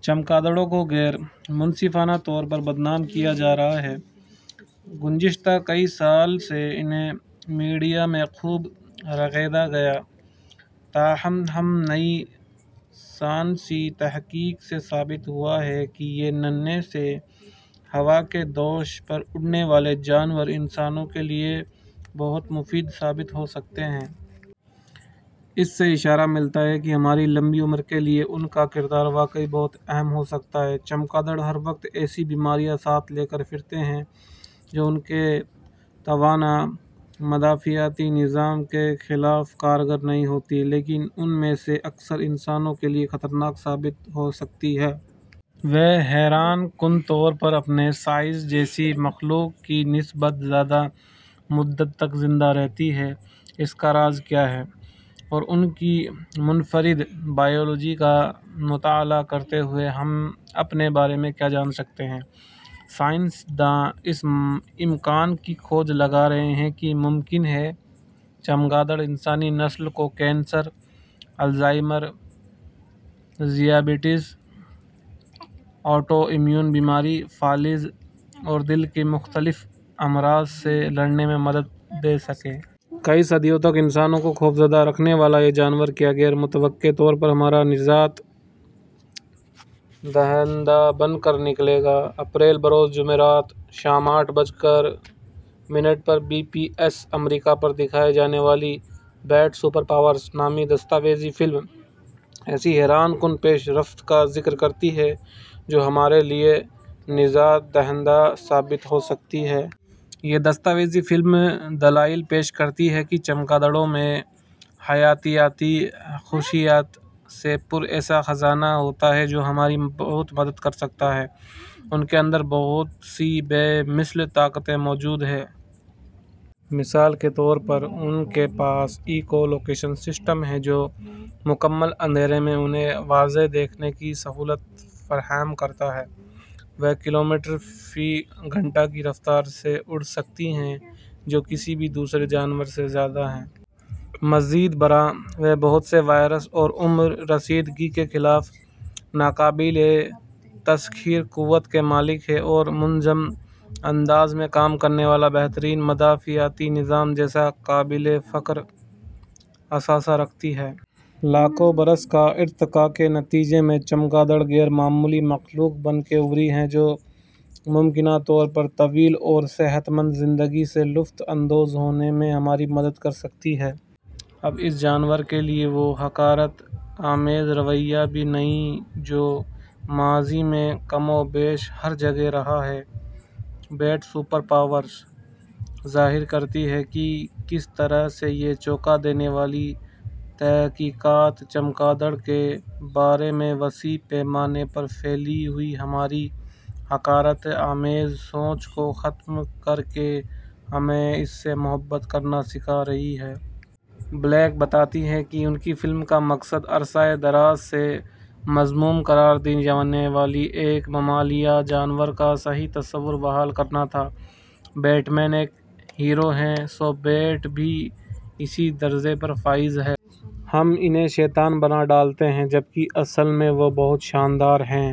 ، چمگادڑوں کو غیر منصفانہ طور پر بدنام کیا جا رہا ہے۔ گذشتہ کئی سال سے انھیں میڈیا میں خوب رگیدا گیا۔ تاہم اب نئی سائنسی تحقیق سے ثابت ہوا ہے کہ یہ ننھے سے ہوا کے دوش پر اڑنے والے جانور انسانوں کے لیے بہت مفید ثابت ہو سکتے ہیں۔ اس سے اشارہ ملتا ہے کہ ہماری لمبی عمر کے لیے ان کا کردار واقعی بہت اہم ہو سکتا ہے۔ چمگادڑ ہر وقت ایسی بیماریاں ساتھ لیے پھرتی ہیں جو ان کے توانا مدافعاتی نظام کے خلاف کارگر نہیں ہوتیں لیکن ان میں سے اکثر انسانوں کے لیے خطرناک ثابت ہو سکتی ہیں۔ وہ حیران کن طور پر اپنے سائز جیسی مخلوق کی نسبت زیادہ مدت تک زندہ رہتی ہیں۔ اس کا راز کیا ہے؟ اور ان کی منفرد بائیولوجی کا مطالعہ کرتے ہوئے ہم اپنے بارے میں کیا جان سکتے ہیں؟ سائنس دان اس امکان کی کھوج لگا رہے ہیں کہ ممکن ہے چمگادڑ انسانی نسل کو کینسر، الزائمر، ذیابیطس، آٹو امیون بیماریوں، فالج اور دل کی مختلف امراض سے لڑنے میں مدد دے سکے۔ کئی صدیوں تک انسانوں کو خوفزدہ رکھنے والا یہ جانور کیا غیر متوقع طور پر ہمارا نجات دہندہ بن کر نکلے گا؟ اپریل بروز جمعرات، شام آٹھ بج کر منٹ پر بی پی ایس امریکا پر دکھائی جانے والی 'بیٹ سپر پاورز' نامی دستاویزی فلم ایسی حیران کن پیش رفت کا ذکر کرتی ہے جو ہمارے لیے نجات دہندہ ثابت ہو سکتی ہیں۔ یہ دستاویزی فلم دلائل پیش کرتی ہے کہ چمگادڑوں میں حیاتیات ی خصوصیات سے پُر ایسا خزانہ ہوتا ہے جو ہماری بہت مدد کر سکتا ہے۔ ان کے اندر بہت سی بے مثل طاقتیں موجود ہیں۔ مثال کے طور پر ان کے پاس ایکو لوکیشن سسٹم ہے جو مکمل اندھیرے میں انھیں واضح دیکھنے کی سہولت فراہم کرتا ہے۔ وہ کلومیٹر فی گھنٹہ کی رفتار سے اڑ سکتی ہیں جو کسی بھی دوسرے جانور سے زیادہ ہے۔ مزید برآں وہ بہت سے وائرس اور عمر رسیدگی کے خلاف ناقابل تسخیر قوت کی مالک ہیں اور منظم انداز میں کام کرنے والا بہترین مدافعتی نظام جیسا قابل فخر اثاثہ رکھتی ہیں۔ لاکھوں برس کا ارتقا کے نتیجے میں چمگاڈر غیر معمولی مخلوق بن کے ابھری ہیں جو ممکنہ طور پر طویل اور صحت مند زندگی سے لطف اندوز ہونے میں ہماری مدد کر سکتی ہیں۔ اب اس جانور کے لیے وہ حقارت آمیز رویہ بھی نہیں جو ماضی میں کم و بیش ہر جگہ رہا ہے۔ 'بیٹ سپر پاورز' ظاہر کرتی ہے کہ کس طرح یہ چونکا دینے والی تحقیقات چمگادڑ کے بارے میں وسیع پیمانے پر پھیلی ہوئی ہماری حقارت آمیز سوچ کو ختم کر کے ہمیں اس سے محبت کرنا سکھا رہی ہے۔ بلیک بتاتی ہیں کہ ان کی فلم کا مقصد عرصہ دراز سے مذموم قرار دی جانے والی اس ممالیہ جانور کا صحیح تصور بحال کرنا تھا۔ 'بیٹ مین ایک ہیرو ہے سو بیٹ بھی اسی درجے پر فائز ہے۔ ہم انھیں شیطان بنا ڈالتے ہیں جبکہ اصل میں وہ بہت شاندار ہیں۔